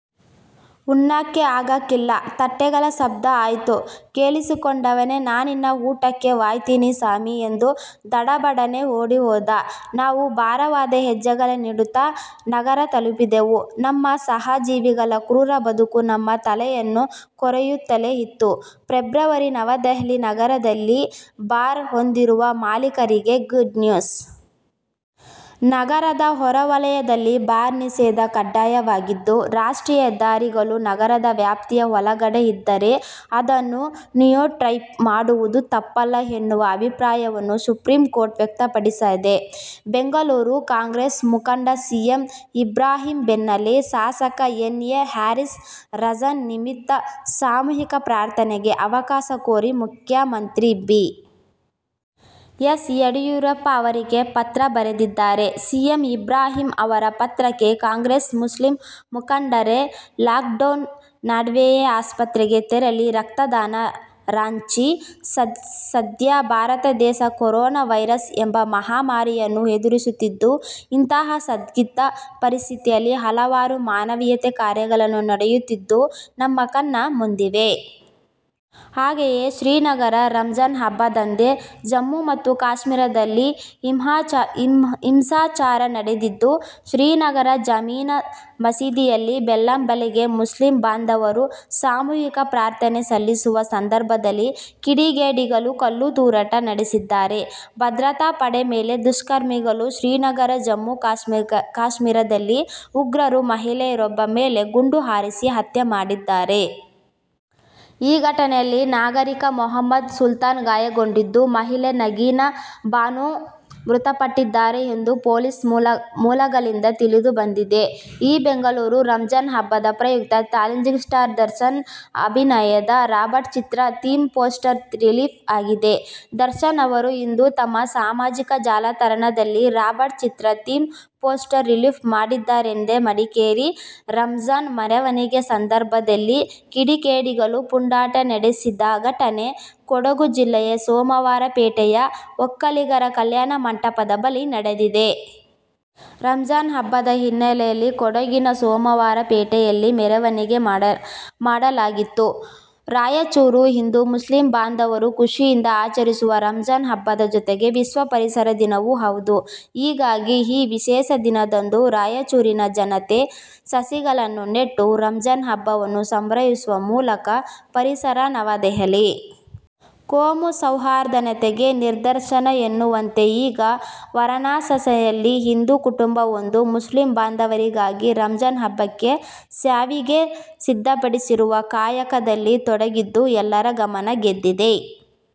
ಉಣ್ಣಾಕೆ ಆಗಾಕಿಲ್ಲ. ತಟ್ಟೆಗಳ ಶಬ್ದ ಆಯ್ತು. ಕೇಳಿಸಿಕೊಂಡವನೆ ನಾನಿನ್ನ ಊಟಕ್ಕೆ ವಾಯ್ತಿನಿ ಸಾಮಿ ಎಂದು ದಡಬಡನೆ ಓಡಿಹೋದ. ನಾವು ಭಾರವಾದ ಹೆಜ್ಜೆಗಳನ್ನಿಡುತ್ತಾ ನಗರ ತಲಪಿದೆವು. ನಮ್ಮ ಸಹ ಜೀವಿಗಳ ಕ್ರೂರ ಬದುಕು ನಮ್ಮ ತಲೆಯನ್ನು ಕೊರೆಯುತ್ತಲೇ ಇತ್ತು. ಫೆಬ್ರವರಿ ನವದೆಹಲಿ: ನಗರಗಳಲ್ಲಿ ಬಾರ್ ಹೊಂದಿರುವ ಮಾಲೀಕರಿಗೆ ಗುಡ್ನ್ಯೂಸ್. ನಗರದ ಹೊರವಲಯದಲ್ಲಿ ಬಾರ್ ನಿಷೇಧ ಕಡ್ಡಾಯವಾಗಿದ್ದು, ರಾಷ್ಟ್ರೀಯ ಹೆದ್ದಾರಿಗಳು ನಗರದ ವ್ಯಾಪ್ತಿಯ ಒಳಗಡೆ ಇದ್ದರೆ ಅದನ್ನು ಡಿನೋಟಿಫೈ ಮಾಡುವುದು ತಪ್ಪಲ್ಲ ಎನ್ನುವ ಅಭಿಪ್ರಾಯವನ್ನು ಸುಪ್ರೀಂ ಕೋರ್ಟ್ ವ್ಯಕ್ತಪಡಿಸಿದೆ. ಬೆಂಗಳೂರು: ಕಾಂಗ್ರೆಸ್ ಮುಖಂಡ ಸಿಎಂ ಇಬ್ರಾಹಿಂ ಬೆನ್ನಲ್ಲೇ ಶಾಸಕ ಎನ್. ಎ. ಹ್ಯಾರಿಸ್ ರಂಜಾನ್ ನಿಮಿತ್ತ ಸಾಮೂಹಿಕ ಪ್ರಾರ್ಥನೆಗೆ ಅವಕಾಶ ಕೋರಿ ಮುಖ್ಯಮಂತ್ರಿ ಬಿ. ಎಸ್. ಯಡಿಯೂರಪ್ಪ ಅವರಿಗೆ ಪತ್ರ ಬರೆದಿದ್ದಾರೆ. ಸಿಎಂ ಇಬ್ರಾಹಿಂ ಅವರ ಪತ್ರಕ್ಕೆ ಕಾಂಗ್ರೆಸ್ನ ಮುಸ್ಲಿಂ ಮುಖಂಡರೇ– ಲಾಕ್ಡೌನ್ ನಡ್ವೆಯೇ ಆಸ್ಪತ್ರೆಗೆ ತೆರಳಿ ರಕ್ತದಾನ ರಾಂಚಿ: ಸದ್ಯ ಭಾರತ ದೇಶ ಕೊರೊನಾ ವೈರಸ್ ಎಂಬ ಮಹಾಮಾರಿಯನ್ನು ಎದುರಿಸುತ್ತಿದ್ದು, ಇಂತಹ ಸಂದಿಗ್ಧ ಪರಿಸ್ಥಿತಿಯಲ್ಲಿ ಹಲವಾರು ಮಾನವೀಯ ಕಾರ್ಯಗಳು ನಡೆಯುತ್ತಿದ್ದು, ನಮ್ಮ ಕಣ್ಣ ಮುಂದಿವೆ. ಹಾಗೆಯೇ ಶ್ರೀನಗರ: ರಂಜಾನ್ ಹಬ್ಬದಂದೇ ಜಮ್ಮು ಮತ್ತು ಕಾಶ್ಮೀರದಲ್ಲಿ ಹಿಂಸಾಚಾರ ನಡೆದಿದ್ದು, ಶ್ರೀನಗರದ ಜಾಮಿಯಾ ಮಸೀದಿಯಲ್ಲಿ ಬೆಳ್ಳಂಬೆಳಗ್ಗೆ ಮುಸ್ಲಿಂ ಬಾಂಧವರು ಸಾಮೂಹಿಕ ಪ್ರಾರ್ಥನೆ ಸಲ್ಲಿಸುವ ಸಂದರ್ಭದಲ್ಲಿ ಕಿಡಿಗೇಡಿಗಳು ಕಲ್ಲು ತೂರಾಟ ನಡೆಸಿದ್ದಾರೆ. ಭದ್ರತಾ ಪಡೆ ಮೇಲೆ ದುಷ್ಕರ್ಮಿಗಳುಶ್ರೀನಗರ: ಜಮ್ಮು- ಕಾಶ್ಮೀರದಲ್ಲಿ ಉಗ್ರರು ಮಹಿಳೆಯೊಬ್ಬರ ಮೇಲೆ ಗುಂಡು ಹಾರಿಸಿ ಹತ್ಯೆ ಮಾಡಿದ್ದಾರೆ. ಈ ಘಟನೆಯಲ್ಲಿ ನಾಗರಿಕ ಮೊಹಮ್ಮದ್ ಸುಲ್ತಾನ್ ಗಾಯಗೊಂಡಿದ್ದು, ಮಹಿಳೆ ನಗೀನಾ ಬಾನೋ ಮೃತಪಟ್ಟಿದ್ದಾರೆ ಎಂದು ಪೊಲೀಸರ ಮೂಲಗಳಿಂದ ತಿಳಿದು ಬಂದಿದೆ. ಈಬೆಂಗಳೂರು: ರಂಜಾನ್ ಹಬ್ಬದ ಪ್ರಯುಕ್ತ ಚಾಲೆಂಜಿಂಗ್ ಸ್ಟಾರ್ ದರ್ಶನ್ ಅಭಿನಯದ 'ರಾಬರ್ಟ್' ಚಿತ್ರದ ಥೀಮ್ ಪೋಸ್ಟರ್ ರಿಲೀಸ್ ಆಗಿದೆ. ದರ್ಶನ್ ಅವರು ಇಂದು ತಮ್ಮ ಸಾಮಾಜಿಕ ಜಾಲತಾಣದಲ್ಲಿ ರಾಬರ್ಟ್ ಚಿತ್ರ ಥೀಮ್ ಪೋಸ್ಟರ್ ರಿಲೀಸ್ ಮಾಡಿದ್ದಾರೆಮಡಿಕೇರಿ: ರಂಜಾನ್ ಮೆರವಣಿಗೆ ಸಂದರ್ಭದಲ್ಲಿ ಕಿಡಿಗೇಡಿಗಳು ಪುಂಡಾಟ ನಡೆಸಿದ ಘಟನೆ ಕೊಡಗು ಜಿಲ್ಲೆಯ ಸೋಮವಾರಪೇಟೆಯ ಒಕ್ಕಲಿಗರ ಕಲ್ಯಾಣ ಮಂಟಪದ ಬಳಿ ನಡೆದಿದೆ. ರಂಜಾನ್ ಹಬ್ಬದ ಹಿನ್ನೆಲೆಯಲ್ಲಿ ಕೊಡಗಿನ ಸೋಮವಾರಪೇಟೆಯಲ್ಲಿ ಮೆರವಣಿಗೆ ಮಾಡಲಾಗುತಿತ್ತು. ರಾಯಚೂರು: ಇಂದು ಮುಸ್ಲಿಂ ಬಾಂಧವರು ಖುಷಿಯಿಂದ ಆಚರಿಸುವ ರಂಜಾನ್ ಹಬ್ಬದ ಜೊತೆಗೆ ವಿಶ್ವ ಪರಿಸರ ದಿನವೂ ಹೌದು. ಹೀಗಾಗಿ ಈ ವಿಶೇಷ ದಿನದಂದು ರಾಯಚೂರಿನ ಜನತೆ ಸಸಿಗಳನ್ನು ನೆಟ್ಟು ರಂಜಾನ್ ಹಬ್ಬವನ್ನು ಸಂಭ್ರಮಿಸುವ ಮೂಲಕ ಪರಿಸರನವದೆಹಲಿ: ಕೋಮು ಸೌಹಾರ್ದತೆಗೆ ನಿದರ್ಶನ ಎನ್ನುವಂತೆ ಈಗ ವಾರಣಾಸಿಯಲ್ಲಿ ಹಿಂದೂ ಕುಟುಂಬವೊಂದು ಮುಸ್ಲಿಂ ಬಾಂಧವರಿಗಾಗಿ ರಂಜಾನ್ ಹಬ್ಬಕ್ಕೆ ಶ್ಯಾವಿಗೆ ಸಿದ್ಧಪಡಿಸುವ ಕಾಯಕದಲ್ಲಿ ತೊಡಗಿದ್ದು ಎಲ್ಲರ ಮನ ಗೆದ್ದಿದೆ